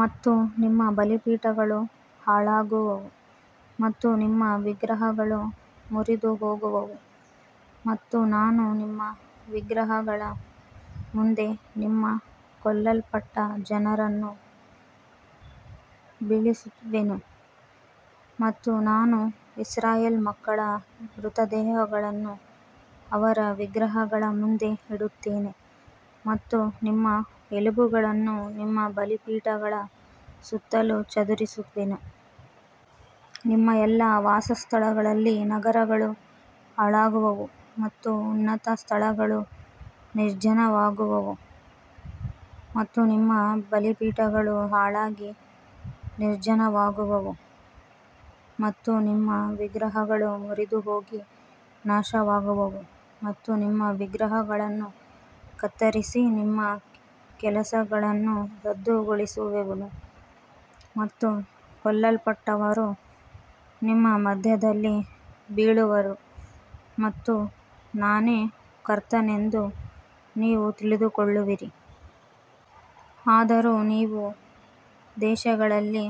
ಮತ್ತು ನಿಮ್ಮ ಬಲಿಪೀಠಗಳು ಹಾಳಾಗುವವು ಮತ್ತು ನಿಮ್ಮ ವಿಗ್ರಹಗಳು ಮುರಿದುಹೋಗುವವು ಮತ್ತು ನಾನು ನಿಮ್ಮ ವಿಗ್ರಹಗಳ ಮುಂದೆ ನಿಮ್ಮ ಕೊಲ್ಲಲ್ಪಟ್ಟ ಜನರನ್ನು ಬೀಳಿಸುವೆನು. ಮತ್ತು ನಾನು ಇಸ್ರಾಯೇಲ್ ಮಕ್ಕಳ ಮೃತ ದೇಹಗಳನ್ನು ಅವರ ವಿಗ್ರಹಗಳ ಮುಂದೆ ಇಡುತ್ತೇನೆ ಮತ್ತು ನಿಮ್ಮ ಎಲುಬುಗಳನ್ನು ನಿಮ್ಮ ಬಲಿಪೀಠಗಳ ಸುತ್ತಲೂ ಚದುರಿಸುವೆನು. ನಿಮ್ಮ ಎಲ್ಲಾ ವಾಸಸ್ಥಳಗಳಲ್ಲಿ ನಗರಗಳು ಹಾಳಾಗುವವು ಮತ್ತು ಉನ್ನತ ಸ್ಥಳಗಳು ನಿರ್ಜನವಾಗುವವು ಮತ್ತು ನಿಮ್ಮ ಬಲಿಪೀಠಗಳು ಹಾಳಾಗಿ ನಿರ್ಜನವಾಗುವವು ಮತ್ತು ನಿಮ್ಮ ವಿಗ್ರಹಗಳು ಮುರಿದುಹೋಗಿ ನಾಶವಾಗುವವು ಮತ್ತು ನಿಮ್ಮ ವಿಗ್ರಹಗಳನ್ನು ಕತ್ತರಿಸಿ ನಿಮ್ಮ ಕೆಲಸಗಳನ್ನು ರದ್ದುಗೊಳಿಸುವೆನು. ಮತ್ತು ಕೊಲ್ಲಲ್ಪಟ್ಟವರು ನಿಮ್ಮ ಮಧ್ಯದಲ್ಲಿ ಬೀಳುವರು ಮತ್ತು ನಾನೇ ಕರ್ತನೆಂದು ನೀವು ತಿಳಿದುಕೊಳ್ಳುವಿರಿ. ಆದರೂ ನೀವು ದೇಶಗಳಲ್ಲಿ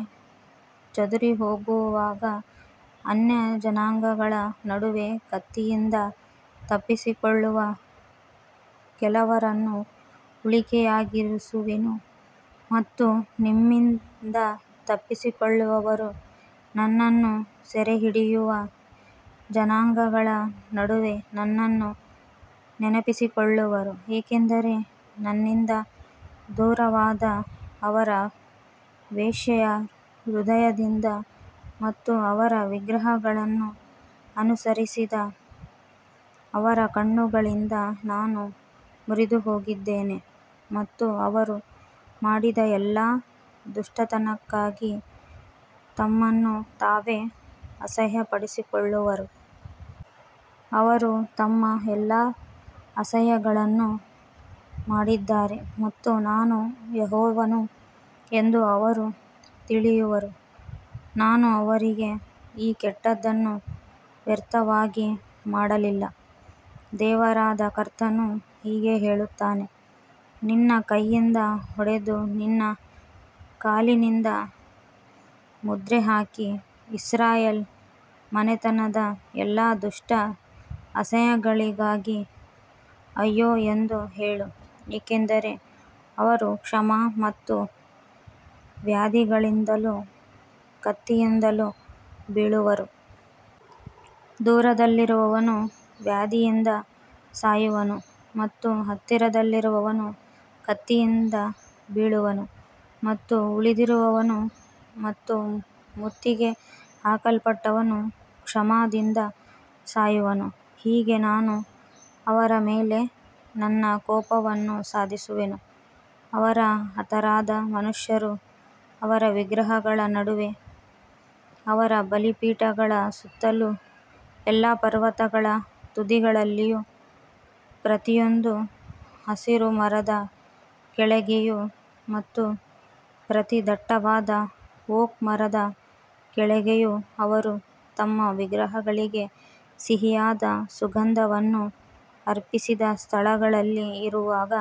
ಚದುರಿಹೋಗುವಾಗ ಅನ್ಯಜನಾಂಗಗಳ ನಡುವೆ ಕತ್ತಿಯಿಂದ ತಪ್ಪಿಸಿಕೊಳ್ಳುವ ಕೆಲವರನ್ನು ಉಳಿಕೆಯಾಗಿರಿಸುವೆನು. ಮತ್ತು ನಿಮ್ಮಿಂದ ತಪ್ಪಿಸಿಕೊಳ್ಳುವವರು ನನ್ನನ್ನು ಸೆರೆಹಿಡಿಯುವ ಜನಾಂಗಗಳ ನಡುವೆ ನನ್ನನ್ನು ನೆನಪಿಸಿಕೊಳ್ಳುವರು, ಏಕೆಂದರೆ ನನ್ನಿಂದ ದೂರವಾದ ಅವರ ವೇಶ್ಯೆಯ ಹೃದಯದಿಂದ ಮತ್ತು ಅವರ ವಿಗ್ರಹಗಳನ್ನು ಅನುಸರಿಸಿದ ಅವರ ಕಣ್ಣುಗಳಿಂದ ನಾನು ಮುರಿದುಹೋಗಿದ್ದೇನೆ ಮತ್ತು ಅವರು ಮಾಡಿದ ಎಲ್ಲಾ ದುಷ್ಟತನಕ್ಕಾಗಿ ತಮ್ಮನ್ನು ತಾವೇ ಅಸಹ್ಯಪಡಿಕೊಳ್ಳುವರು. ಅವರು ತಮ್ಮ ಎಲ್ಲಾ ಅಸಹ್ಯಗಳನ್ನು ಮಾಡಿದ್ದಾರೆ ಮತ್ತು ನಾನು ಯೆಹೋವನು ಎಂದು ಅವರು ತಿಳಿಯುವರು, ನಾನು ಅವರಿಗೆ ಈ ಕೆಟ್ಟದ್ದನ್ನು ವ್ಯರ್ಥವಾಗಿ ಮಾಡಲಿಲ್ಲ. ದೇವರಾದ ಕರ್ತನು ಹೀಗೆ ಹೇಳುತ್ತಾನೆ, ನಿನ್ನ ಕೈಯಿಂದ ಹೊಡೆದು ನಿನ್ನ ಕಾಲಿನಿಂದ ಮುದ್ರೆ ಹಾಕಿ, ಇಸ್ರಾಯೇಲ್ ಮನೆತನದ ಎಲ್ಲಾ ದುಷ್ಟ ಅಸಹ್ಯಗಳಿಗಾಗಿ ಅಯ್ಯೋ ಎಂದು ಹೇಳು, ಏಕೆಂದರೆ ಅವರು ಕ್ಷಾಮ ಮತ್ತು ವ್ಯಾಧಿಗಳಿಂದಲೂ ಕತ್ತಿಯಿಂದಲೂ ಬೀಳುವರು. ದೂರದಲ್ಲಿರುವವನು ವ್ಯಾಧಿಯಿಂದ ಸಾಯುವನು ಮತ್ತು ಹತ್ತಿರದಲ್ಲಿರುವವನು ಕತ್ತಿಯಿಂದ ಬೀಳುವನು ಮತ್ತು ಉಳಿದಿರುವವನು ಮತ್ತು ಮುತ್ತಿಗೆ ಹಾಕಲ್ಪಟ್ಟವನು ಕ್ಷಾಮದಿಂದ ಸಾಯುವನು, ಹೀಗೆ ನಾನು ಅವರ ಮೇಲೆ ನನ್ನ ಕೋಪವನ್ನು ಸಾಧಿಸುವೆನು. ಅವರ ಹತರಾದ ಮನುಷ್ಯರು ಅವರ ವಿಗ್ರಹಗಳ ನಡುವೆ, ಅವರ ಬಲಿಪೀಠಗಳ ಸುತ್ತಲೂ, ಎಲ್ಲಾ ಪರ್ವತಗಳ ತುದಿಗಳಲ್ಲಿಯೂ, ಪ್ರತಿಯೊಂದು ಹಸಿರು ಮರದ ಕೆಳಗೆಯೂ ಮತ್ತು ಪ್ರತಿ ದಟ್ಟವಾದ ಓಕ್ ಮರದ ಕೆಳಗೆಯೂ ಅವರು ತಮ್ಮ ವಿಗ್ರಹಗಳಿಗೆ ಸಿಹಿಯಾದ ಸುಗಂಧವನ್ನು ಅರ್ಪಿಸಿದ ಸ್ಥಳಗಳಲ್ಲಿ ಇರುವಾಗ,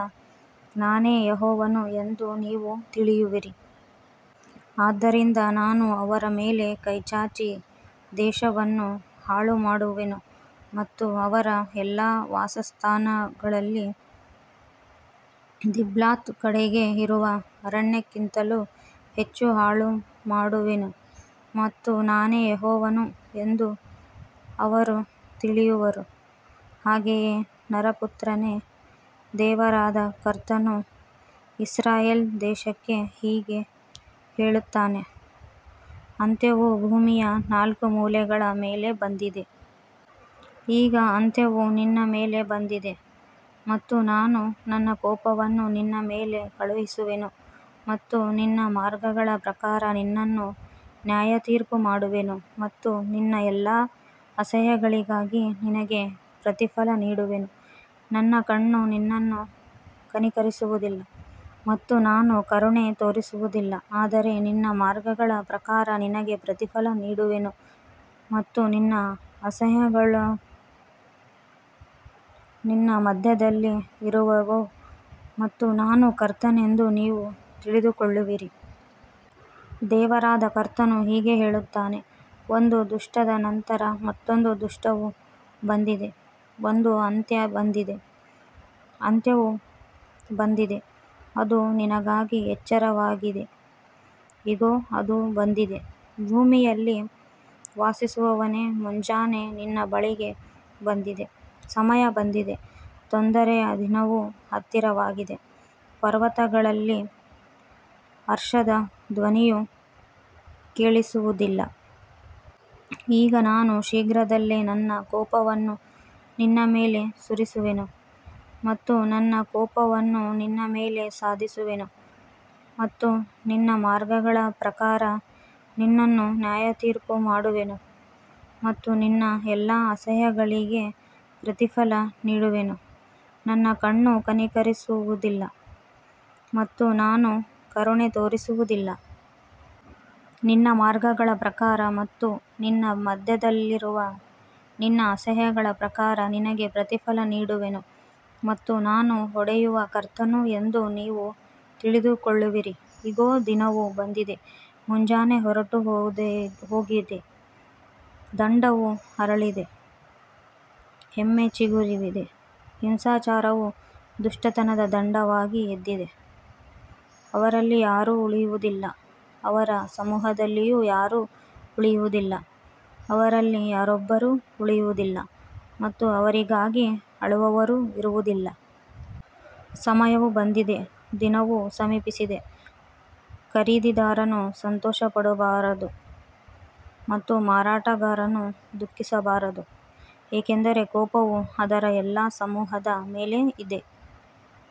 ನಾನೇ ಯೆಹೋವನು ಎಂದು ನೀವು ತಿಳಿಯುವಿರಿ. ಆದ್ದರಿಂದ ನಾನು ಅವರ ಮೇಲೆ ಕೈಚಾಚಿ ದೇಶವನ್ನು ಹಾಳುಮಾಡುವೆನು ಮತ್ತು ಅವರ ಎಲ್ಲಾ ವಾಸಸ್ಥಾನಗಳಲ್ಲಿ ದಿಬ್ಲಾತ್ ಕಡೆಗೆ ಇರುವ ಅರಣ್ಯಕ್ಕಿಂತಲೂ ಹೆಚ್ಚು ಹಾಳುಮಾಡುವೆನು ಮತ್ತು ನಾನೇ ಯೆಹೋವನು ಎಂದು ಅವರು ತಿಳಿಯುವರು. ಹಾಗೆಯೇ ನರಪುತ್ರನೇ, ದೇವರಾದ ಕರ್ತನು ಇಸ್ರಾಯೇಲ್ ದೇಶಕ್ಕೆ ಹೀಗೆ ಹೇಳುತ್ತಾನೆ, ಅಂತ್ಯವು ಭೂಮಿಯ ನಾಲ್ಕು ಮೂಲೆಗಳ ಮೇಲೆ ಬಂದಿದೆ. ಈಗ ಅಂತ್ಯವು ನಿನ್ನ ಮೇಲೆ ಬಂದಿದೆ ಮತ್ತು ನಾನು ನನ್ನ ಕೋಪವನ್ನು ನಿನ್ನ ಮೇಲೆ ಕಳುಹಿಸುವೆನು ಮತ್ತು ನಿನ್ನ ಮಾರ್ಗಗಳ ಪ್ರಕಾರ ನಿನ್ನನ್ನು ನ್ಯಾಯತೀರ್ಪು ಮಾಡುವೆನು ಮತ್ತು ನಿನ್ನ ಎಲ್ಲಾ ಅಸಹ್ಯಗಳಿಗಾಗಿ ನಿನಗೆ ಪ್ರತಿಫಲ ನೀಡುವೆನು. ನನ್ನ ಕಣ್ಣು ನಿನ್ನನ್ನು ಕನಿಕರಿಸುವುದಿಲ್ಲ ಮತ್ತು ನಾನು ಕರುಣೆ ತೋರಿಸುವುದಿಲ್ಲ, ಆದರೆ ನಿನ್ನ ಮಾರ್ಗಗಳ ಪ್ರಕಾರ ನಿನಗೆ ಪ್ರತಿಫಲ ನೀಡುವೆನು ಮತ್ತು ನಿನ್ನ ಅಸಹ್ಯಗಳು ನಿನ್ನ ಮಧ್ಯದಲ್ಲಿ ಇರುವವು ಮತ್ತು ನಾನು ಕರ್ತನೆಂದು ನೀವು ತಿಳಿದುಕೊಳ್ಳುವಿರಿ. ದೇವರಾದ ಕರ್ತನು ಹೀಗೆ ಹೇಳುತ್ತಾನೆ, ಒಂದು ದುಷ್ಟದ ನಂತರ ಮತ್ತೊಂದು ದುಷ್ಟವು ಬಂದಿದೆ, ಒಂದು ಅಂತ್ಯ ಬಂದಿದೆ, ಅಂತ್ಯವು ಬಂದಿದೆ, ಅದು ನಿನಗಾಗಿ ಎಚ್ಚರವಾಗಿದೆ, ಇಗೋ, ಅದು ಬಂದಿದೆ. ಭೂಮಿಯಲ್ಲಿ ವಾಸಿಸುವವನೇ, ಮುಂಜಾನೆ ನಿನ್ನ ಬಳಿಗೆ ಬಂದಿದೆ, ಸಮಯ ಬಂದಿದೆ, ತೊಂದರೆಯ ದಿನವು ಹತ್ತಿರವಾಗಿದೆ, ಪರ್ವತಗಳಲ್ಲಿ ಹರ್ಷದ ಧ್ವನಿಯು ಕೇಳಿಸುವುದಿಲ್ಲ. ಈಗ ನಾನು ಶೀಘ್ರದಲ್ಲೇ ನನ್ನ ಕೋಪವನ್ನು ನಿನ್ನ ಮೇಲೆ ಸುರಿಸುವೆನು ಮತ್ತು ನನ್ನ ಕೋಪವನ್ನು ನಿನ್ನ ಮೇಲೆ ಸಾಧಿಸುವೆನು ಮತ್ತು ನಿನ್ನ ಮಾರ್ಗಗಳ ಪ್ರಕಾರ ನಿನ್ನನ್ನು ನ್ಯಾಯತೀರ್ಪು ಮಾಡುವೆನು ಮತ್ತು ನಿನ್ನ ಎಲ್ಲಾ ಅಸಹ್ಯಗಳಿಗೆ ಪ್ರತಿಫಲ ನೀಡುವೆನು. ನನ್ನ ಕಣ್ಣು ಕನಿಕರಿಸುವುದಿಲ್ಲ ಮತ್ತು ನಾನು ಕರುಣೆ ತೋರಿಸುವುದಿಲ್ಲ. ನಿನ್ನ ಮಾರ್ಗಗಳ ಪ್ರಕಾರ ಮತ್ತು ನಿನ್ನ ಮಧ್ಯದಲ್ಲಿರುವ ನಿನ್ನ ಅಸಹ್ಯಗಳ ಪ್ರಕಾರ ನಿನಗೆ ಪ್ರತಿಫಲ ನೀಡುವೆನು ಮತ್ತು ನಾನು ಹೊಡೆಯುವ ಕರ್ತನು ಎಂದು ನೀವು ತಿಳಿದುಕೊಳ್ಳುವಿರಿ. ಇಗೋ, ದಿನವು ಬಂದಿದೆ, ಮುಂಜಾನೆ ಹೊರಟುಹೋಗಿದೆ, ದಂಡವು ಅರಳಿದೆ, ಹೆಮ್ಮೆ ಚಿಗುರಿದೆ. ಹಿಂಸಾಚಾರವು ದುಷ್ಟತನದ ದಂಡವಾಗಿ ಎದ್ದಿದೆ. ಅವರಲ್ಲಿ ಯಾರೂ ಉಳಿಯುವುದಿಲ್ಲ, ಅವರ ಸಮೂಹದಲ್ಲಿಯೂ ಯಾರೂ ಉಳಿಯುವುದಿಲ್ಲ, ಅವರಲ್ಲಿ ಯಾರೊಬ್ಬರೂ ಉಳಿಯುವುದಿಲ್ಲ ಮತ್ತು ಅವರಿಗಾಗಿ ಅಳುವವರೂ ಇರುವುದಿಲ್ಲ. ಸಮಯವು ಬಂದಿದೆ, ದಿನವು ಸಮೀಪಿಸಿದೆ, ಖರೀದಿದಾರನು ಸಂತೋಷಪಡಬಾರದು ಮತ್ತು ಮಾರಾಟಗಾರನು ದುಃಖಿಸಬಾರದು, ಏಕೆಂದರೆ ಕೋಪವು ಅದರ ಎಲ್ಲಾ ಸಮೂಹದ ಮೇಲೆ ಇದೆ.